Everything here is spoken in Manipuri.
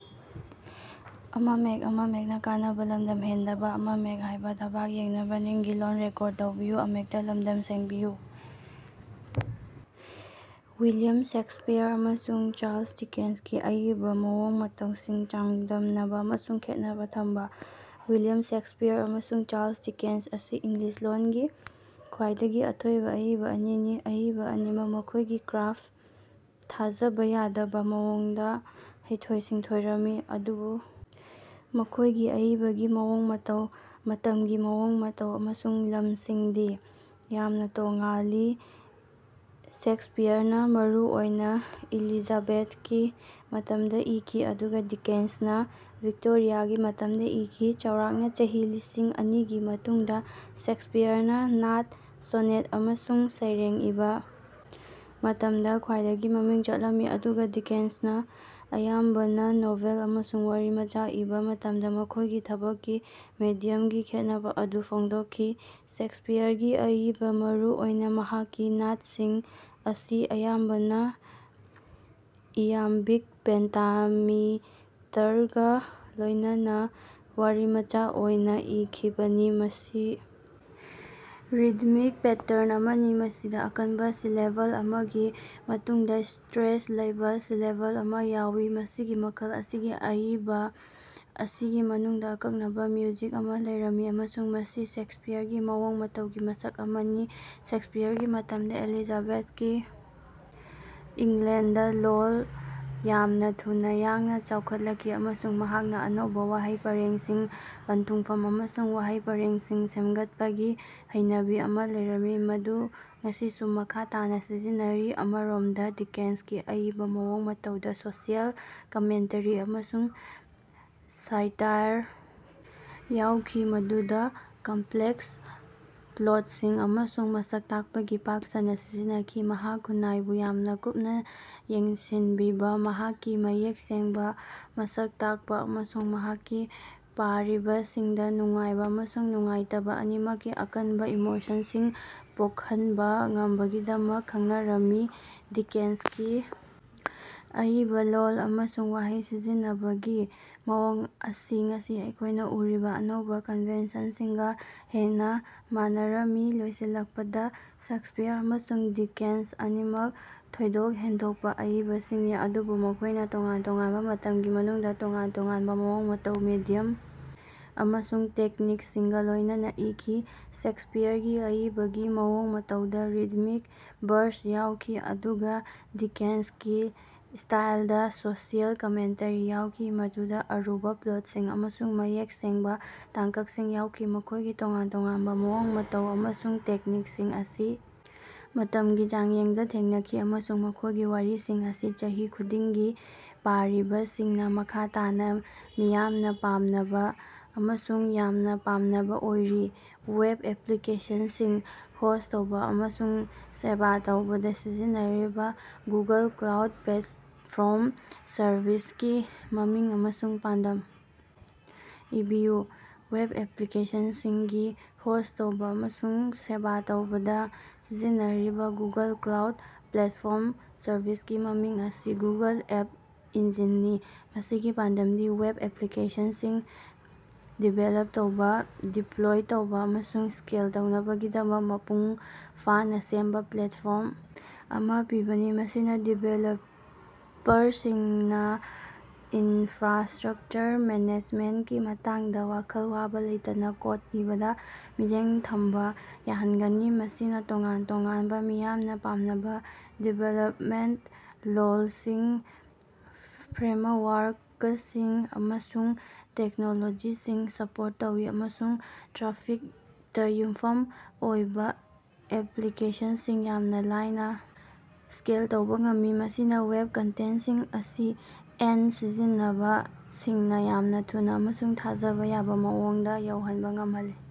ꯋꯤꯂꯤꯌꯝ ꯁꯦꯛꯁꯄꯤꯌꯔ ꯑꯃꯁꯨꯡ ꯆꯥꯔꯜꯁ ꯗꯤꯀꯦꯟꯁꯀꯤ ꯑꯏꯕ ꯃꯑꯣꯡ ꯃꯇꯧꯁꯤꯡ ꯆꯥꯡꯗꯝꯅꯕ ꯑꯃꯁꯨꯡ ꯈꯦꯠꯅꯕ ꯊꯝꯕ꯫ ꯋꯤꯂꯤꯌꯝ ꯁꯦꯛꯁꯄꯤꯌꯔ ꯑꯃꯁꯨꯡ ꯆꯥꯔꯜꯁ ꯗꯤꯀꯦꯟꯁ ꯑꯁꯤ ꯏꯪꯂꯤꯁ ꯂꯣꯟꯒꯤ ꯈ꯭ꯋꯥꯏꯗꯒꯤ ꯑꯊꯣꯏꯕ ꯑꯏꯕ ꯑꯅꯤꯅꯤ꯫ ꯑꯏꯕ ꯑꯅꯤꯃꯛ ꯃꯈꯣꯢꯒꯤ ꯀ꯭ꯔꯥꯐ ꯊꯥꯖꯕ ꯌꯥꯗꯕ ꯃꯑꯣꯡꯗ ꯍꯩꯊꯣꯏ-ꯁꯤꯡꯊꯣꯏꯔꯝꯃꯤ ꯑꯗꯨꯕꯨ ꯃꯈꯣꯢꯒꯤ ꯑꯏꯕꯒꯤ ꯃꯑꯣꯡ ꯃꯇꯧ ꯃꯇꯝꯒꯤ ꯃꯑꯣꯡ ꯃꯇꯧ ꯑꯃꯁꯨꯡ ꯂꯝꯁꯤꯡꯗꯤ ꯌꯥꯝꯅ ꯇꯣꯉꯥꯜꯂꯤ꯫ ꯁꯦꯛꯁꯄꯤꯌꯔꯅ ꯃꯔꯨ ꯑꯣꯏꯅ ꯏꯂꯤꯖꯥꯕꯦꯊꯀꯤ ꯃꯇꯝꯗ ꯏꯈꯤ ꯑꯗꯨꯒ ꯗꯤꯀꯦꯟꯁꯅ ꯚꯤꯛꯇꯣꯔꯤꯌꯥꯒꯤ ꯃꯇꯝꯗ ꯏꯈꯤ ꯆꯥꯎꯔꯥꯛꯅ ꯆꯍꯤ ꯂꯤꯁꯤꯡ ꯑꯅꯤꯒꯤ ꯃꯇꯨꯡꯗ ꯁꯦꯛꯁꯄꯤꯌꯔꯅ ꯅꯥꯠ, ꯁꯣꯅꯦꯠ ꯑꯃꯁꯨꯡ ꯁꯩꯔꯦꯡ ꯏꯕ ꯃꯇꯝꯗ ꯈ꯭ꯋꯥꯏꯗꯒꯤ ꯃꯃꯤꯡ ꯆꯠꯂꯝꯃꯤ ꯑꯗꯨꯒ ꯗꯤꯀꯦꯟꯁꯅ ꯑꯌꯥꯝꯕꯅ ꯅꯣꯚꯦꯜ ꯑꯃꯁꯨꯡ ꯋꯥꯔꯤꯃꯆꯥ ꯏꯕ ꯃꯇꯝꯗ ꯃꯈꯣꯢꯒꯤ ꯊꯕꯛꯀꯤ ꯃꯦꯗꯤꯌꯝꯒꯤ ꯈꯦꯠꯅꯕ ꯑꯗꯨ ꯐꯣꯡꯗꯣꯛꯈꯤ꯫ ꯁꯦꯛꯁꯄꯤꯌꯔꯒꯤ ꯑꯏꯕ ꯃꯔꯨ ꯑꯣꯏꯅ ꯃꯍꯥꯛꯀꯤ ꯅꯥꯠꯁꯤꯡ ꯑꯁꯤ ꯑꯌꯥꯝꯕꯅ ꯏꯌꯥꯝꯕꯤꯛ ꯄꯦꯟꯇꯥꯃꯤꯇꯔꯒ ꯂꯣꯢꯅꯅꯥ ꯋꯥꯔꯤꯃꯆꯥ ꯑꯣꯏꯅ ꯏꯈꯤꯕꯅꯤ ꯃꯁꯤ ꯔꯤꯗꯃꯤꯛ ꯄꯦꯇꯔꯟ ꯑꯃꯅꯤ ꯃꯁꯤꯗ ꯑꯀꯟꯕ ꯁꯤꯂꯦꯕꯜ ꯑꯃꯒꯤ ꯃꯇꯨꯡꯗ ꯁꯇ꯭ꯔꯦꯁ ꯂꯩꯕꯥ ꯁꯤꯂꯦꯕꯜ ꯑꯃ ꯌꯥꯎꯏ꯫ ꯃꯁꯤꯒꯤ ꯃꯈꯜ ꯑꯁꯤꯒꯤ ꯑꯏꯕ ꯑꯁꯤꯒꯤ ꯃꯅꯨꯡꯗ ꯑꯀꯛꯅꯕ ꯃ꯭ꯌꯨꯖꯤꯛ ꯑꯃ ꯂꯩꯔꯝꯃꯤ ꯑꯃꯁꯨꯡ ꯃꯁꯤ ꯁꯦꯛꯁꯄꯤꯌꯔꯒꯤ ꯃꯑꯣꯡ ꯃꯇꯧꯒꯤ ꯃꯁꯛ ꯑꯃꯅꯤ꯫ ꯁꯦꯛꯁꯄꯤꯌꯔꯒꯤ ꯃꯇꯝꯗ ꯑꯦꯂꯤꯖꯥꯕꯦꯊꯀꯤ ꯏꯪꯂꯦꯟꯗꯗꯥ ꯂꯣꯜ ꯌꯥꯝꯅ ꯊꯨꯅ ꯌꯥꯡꯅ ꯆꯥꯎꯈꯠꯂꯛꯈꯤ ꯑꯃꯁꯨꯡ ꯃꯍꯥꯛꯅ ꯑꯅꯧꯕ ꯋꯥꯍꯩ ꯄꯔꯦꯡꯁꯤꯡ ꯄꯟꯊꯨꯡꯐꯝ ꯑꯃꯁꯨꯡ ꯋꯥꯍꯩ ꯄꯔꯦꯡꯁꯤꯡ ꯁꯦꯝꯒꯠꯄꯒꯤ ꯍꯩꯅꯕꯤ ꯑꯃ ꯂꯩꯔꯝꯃꯤ ꯃꯗꯨ ꯉꯁꯤꯁꯨ ꯃꯈꯥ ꯇꯥꯅꯥ ꯁꯤꯖꯤꯟꯅꯔꯤ꯫ ꯑꯃꯔꯣꯝꯗ ꯗꯤꯀꯦꯟꯁꯀꯤ ꯑꯏꯕ ꯃꯑꯣꯡ ꯃꯇꯧꯗ ꯁꯣꯁꯤꯑꯦꯜ ꯀꯃꯦꯟꯇꯔꯤ ꯑꯃꯁꯨꯡ ꯁꯥꯏꯇꯥꯏꯔ ꯌꯥꯎꯈꯤ ꯃꯗꯨꯗ ꯀꯝꯄ꯭ꯂꯦꯛꯁ ꯄ꯭ꯂꯣꯠꯁꯤꯡ ꯑꯃꯁꯨꯡ ꯃꯁꯛ ꯇꯥꯛꯄꯒꯤ ꯄꯥꯛ ꯁꯟꯅ ꯁꯤꯖꯤꯟꯅꯈꯤ꯫ ꯃꯍꯥꯛ ꯈꯨꯟꯅꯥꯏꯕꯨ ꯌꯥꯝꯅ ꯀꯨꯞꯅ ꯌꯦꯡꯁꯤꯟꯕꯤꯕꯥ ꯃꯍꯥꯛꯀꯤ ꯃꯌꯦꯛ ꯁꯦꯡꯕ ꯃꯁꯛ ꯇꯥꯛꯄꯥ ꯑꯃꯁꯨꯡ ꯃꯍꯥꯛꯀꯤ ꯄꯥꯔꯤꯕꯁꯤꯡꯗ ꯅꯨꯡꯉꯥꯏꯕ ꯑꯃꯁꯨꯡ ꯅꯨꯡꯉꯥꯏꯇꯕ ꯑꯅꯤꯃꯛꯀꯤ ꯑꯀꯟꯕ ꯏꯃꯣꯁꯟꯁꯤꯡ ꯄꯣꯛꯍꯟꯕ ꯉꯝꯕꯒꯤꯗꯃꯛ ꯈꯡꯅꯔꯝꯃꯤ꯫ ꯗꯤꯀꯦꯟꯁꯀꯤ ꯑꯏꯕ ꯂꯣꯜ ꯑꯃꯁꯨꯡ ꯋꯥꯍꯩ ꯁꯤꯖꯤꯟꯅꯕꯒꯤ ꯃꯑꯣꯡ ꯑꯁꯤ ꯉꯁꯤ ꯑꯩꯈꯣꯢꯅ ꯎꯔꯤꯕꯥ ꯑꯅꯧꯕ ꯀꯟꯚꯦꯟꯁꯟꯁꯤꯡꯒ ꯍꯦꯟꯅ ꯃꯥꯟꯅꯔꯝꯃꯤ꯫ ꯂꯣꯏꯁꯤꯜꯂꯛꯄꯗ ꯁꯦꯛꯁꯄꯤꯌꯔ ꯑꯃꯁꯨꯡ ꯗꯤꯀꯦꯟꯁ ꯑꯅꯤꯃꯛ ꯊꯣꯏꯗꯣꯛ ꯍꯦꯟꯗꯣꯛꯄ ꯑꯏꯕꯁꯤꯡꯅꯤ ꯑꯗꯨꯕꯨ ꯃꯈꯣꯢꯅ ꯇꯣꯉꯥꯟ ꯇꯣꯉꯥꯟꯕ ꯃꯇꯝꯒꯤ ꯃꯅꯨꯡꯗ ꯇꯣꯉꯥꯟ ꯇꯣꯉꯥꯟꯕ ꯃꯑꯣꯡ ꯃꯇꯧ ꯃꯦꯗꯤꯌꯝ ꯑꯃꯁꯨꯡ ꯇꯦꯛꯅꯤꯛꯁꯤꯡꯒ ꯂꯣꯢꯅꯅꯥ ꯏꯈꯤ꯫ ꯁꯦꯛꯁꯄꯤꯌꯔꯒꯤ ꯑꯏꯕꯒꯤ ꯃꯑꯣꯡ ꯃꯇꯧꯗ ꯔꯤꯗꯃꯤꯛ ꯕꯔꯁ ꯌꯥꯎꯈꯤ ꯑꯗꯨꯒ ꯗꯤꯀꯦꯟꯁꯀꯤ ꯁ꯭ꯇꯥꯏꯜꯗ ꯁꯣꯁꯤꯑꯦꯜ ꯀꯃꯦꯟꯇꯔꯤ ꯌꯥꯎꯈꯤ ꯃꯗꯨꯗꯥ ꯑꯔꯨꯕ ꯄ꯭ꯂꯣꯠꯁꯤꯡ ꯑꯃꯁꯨꯡ ꯃꯌꯦꯛ ꯁꯦꯡꯕ ꯇꯥꯡꯀꯛꯁꯤꯡ ꯌꯥꯎꯈꯤ꯫ ꯃꯈꯣꯢꯒꯤ ꯇꯣꯉꯥꯟ ꯇꯣꯉꯥꯟꯕ ꯃꯑꯣꯡ ꯃꯇꯧ ꯑꯃꯁꯨꯡ ꯇꯦꯛꯅꯤꯛꯁꯤꯡ ꯑꯁꯤ ꯃꯇꯝꯒꯤ ꯆꯥꯡꯌꯦꯡꯗ ꯊꯦꯡꯅꯈꯤ ꯑꯃꯁꯨꯡ ꯃꯈꯣꯢꯒꯤ ꯋꯥꯔꯤꯁꯤꯡ ꯑꯁꯤ ꯆꯍꯤ ꯈꯨꯗꯤꯡꯒꯤ ꯄꯥꯔꯤꯕꯁꯤꯡꯅ ꯃꯈꯥ ꯇꯥꯅ ꯃꯤꯌꯥꯝꯅ ꯄꯥꯝꯅꯕ ꯑꯃꯁꯨꯡ ꯌꯥꯝꯅ ꯄꯥꯝꯅꯕ ꯑꯣꯏꯔꯤ꯫ ꯋꯦꯕ ꯑꯦꯄ꯭ꯂꯤꯀꯦꯁꯟꯁꯤꯡ ꯍꯣꯁ꯭ꯠ ꯇꯧꯕꯥ ꯑꯃꯁꯨꯡ ꯁꯦꯕꯥ ꯇꯧꯕꯗ ꯁꯤꯖꯤꯟꯅꯔꯤꯕ ꯒꯨꯒꯜ ꯀ꯭ꯂꯥꯎꯗ ꯄ꯭ꯂꯦꯠꯐꯣꯔꯝ ꯁꯔꯚꯤꯁꯀꯤ ꯃꯃꯤꯡ ꯑꯃꯁꯨꯡ ꯄꯥꯟꯗꯝ ꯏꯕꯤꯌꯨ꯫ ꯋꯦꯕ ꯑꯦꯄ꯭ꯂꯤꯀꯦꯁꯟꯁꯤꯡ ꯍꯣꯁ꯭ꯠ ꯇꯧꯕꯥ ꯑꯃꯁꯨꯡ ꯁꯦꯕꯥ ꯇꯧꯕꯗꯥ ꯁꯤꯖꯤꯟꯅꯔꯤꯕꯥ ꯒꯨꯒꯜ ꯀ꯭ꯂꯥꯎꯗ ꯄ꯭ꯂꯦꯠꯐꯣꯔꯝ ꯁꯔꯚꯤꯁꯀꯤ ꯃꯃꯤꯡ ꯑꯁꯤ ꯒꯨꯒꯜ ꯑꯦꯞ ꯏꯟꯖꯤꯟꯅꯤ꯫ ꯃꯁꯤꯒꯤ ꯄꯥꯟꯗꯝꯗꯤ ꯋꯦꯕ ꯑꯦꯄ꯭ꯂꯤꯀꯦꯁꯟꯁꯤꯡ ꯗꯤꯕꯦꯂꯞ ꯇꯧꯕ ꯗꯤꯄ꯭ꯂꯣꯏ ꯇꯧꯕ ꯑꯃꯁꯨꯡ ꯁ꯭ꯀꯦꯜ ꯇꯧꯅꯕꯒꯤꯗꯃꯛ ꯃꯄꯨꯡ ꯐꯥꯅ ꯁꯦꯝꯕ ꯄ꯭ꯂꯦꯠꯐꯣꯔꯝ ꯑꯃ ꯄꯤꯕꯅꯤ ꯃꯁꯤꯅ ꯗꯤꯕꯦꯂꯄꯔꯁꯤꯡꯅ ꯏꯟꯐ꯭ꯔꯥꯁ꯭ꯇꯔꯛꯆꯔ ꯃꯦꯅꯦꯖꯃꯦꯟꯇꯀꯤ ꯃꯇꯥꯡꯗ ꯋꯥꯈꯜ ꯋꯥꯕ ꯂꯩꯇꯅ ꯀꯣꯗ ꯏꯕꯗ ꯃꯤꯠꯌꯦꯡ ꯊꯝꯕ ꯌꯥꯍꯟꯒꯅꯤ꯫ ꯃꯁꯤꯅ ꯇꯣꯉꯥꯟ-ꯇꯣꯉꯥꯟꯕ ꯃꯤꯌꯥꯝꯅ ꯄꯥꯝꯅꯕ ꯗꯤꯚꯦꯂꯄꯃꯦꯟꯇ ꯂꯣꯜꯁꯤꯡ ꯐ꯭ꯔꯦꯃꯋꯥꯔꯀꯁꯤꯡ ꯑꯃꯁꯨꯡ ꯇꯦꯛꯅꯣꯂꯣꯖꯤꯁꯤꯡ ꯁꯞꯄꯣꯔꯠ ꯇꯧꯏ ꯑꯃꯁꯨꯡ ꯇ꯭ꯔꯥꯐꯤꯛꯇ ꯌꯨꯝꯐꯝ ꯑꯣꯏꯕ ꯑꯦꯄ꯭ꯂꯤꯀꯦꯁꯟꯁꯤꯡ ꯌꯥꯝꯅ ꯂꯥꯏꯅꯥ ꯁ꯭ꯀꯦꯜ ꯇꯧꯕꯥ ꯉꯝꯃꯤ ꯃꯁꯤꯅ ꯋꯦꯕ ꯀꯟꯇꯦꯟꯁꯤꯡ ꯑꯁꯤ ꯑꯦꯟ ꯁꯤꯖꯤꯟꯅꯕ ꯁꯤꯡꯅ ꯌꯥꯝꯅ ꯊꯨꯅꯥ ꯑꯃꯁꯨꯡ ꯊꯥꯖꯕ ꯌꯥꯕꯥ ꯃꯑꯣꯡꯗ ꯌꯧꯍꯟꯕ ꯉꯝꯍꯜꯂꯤ꯫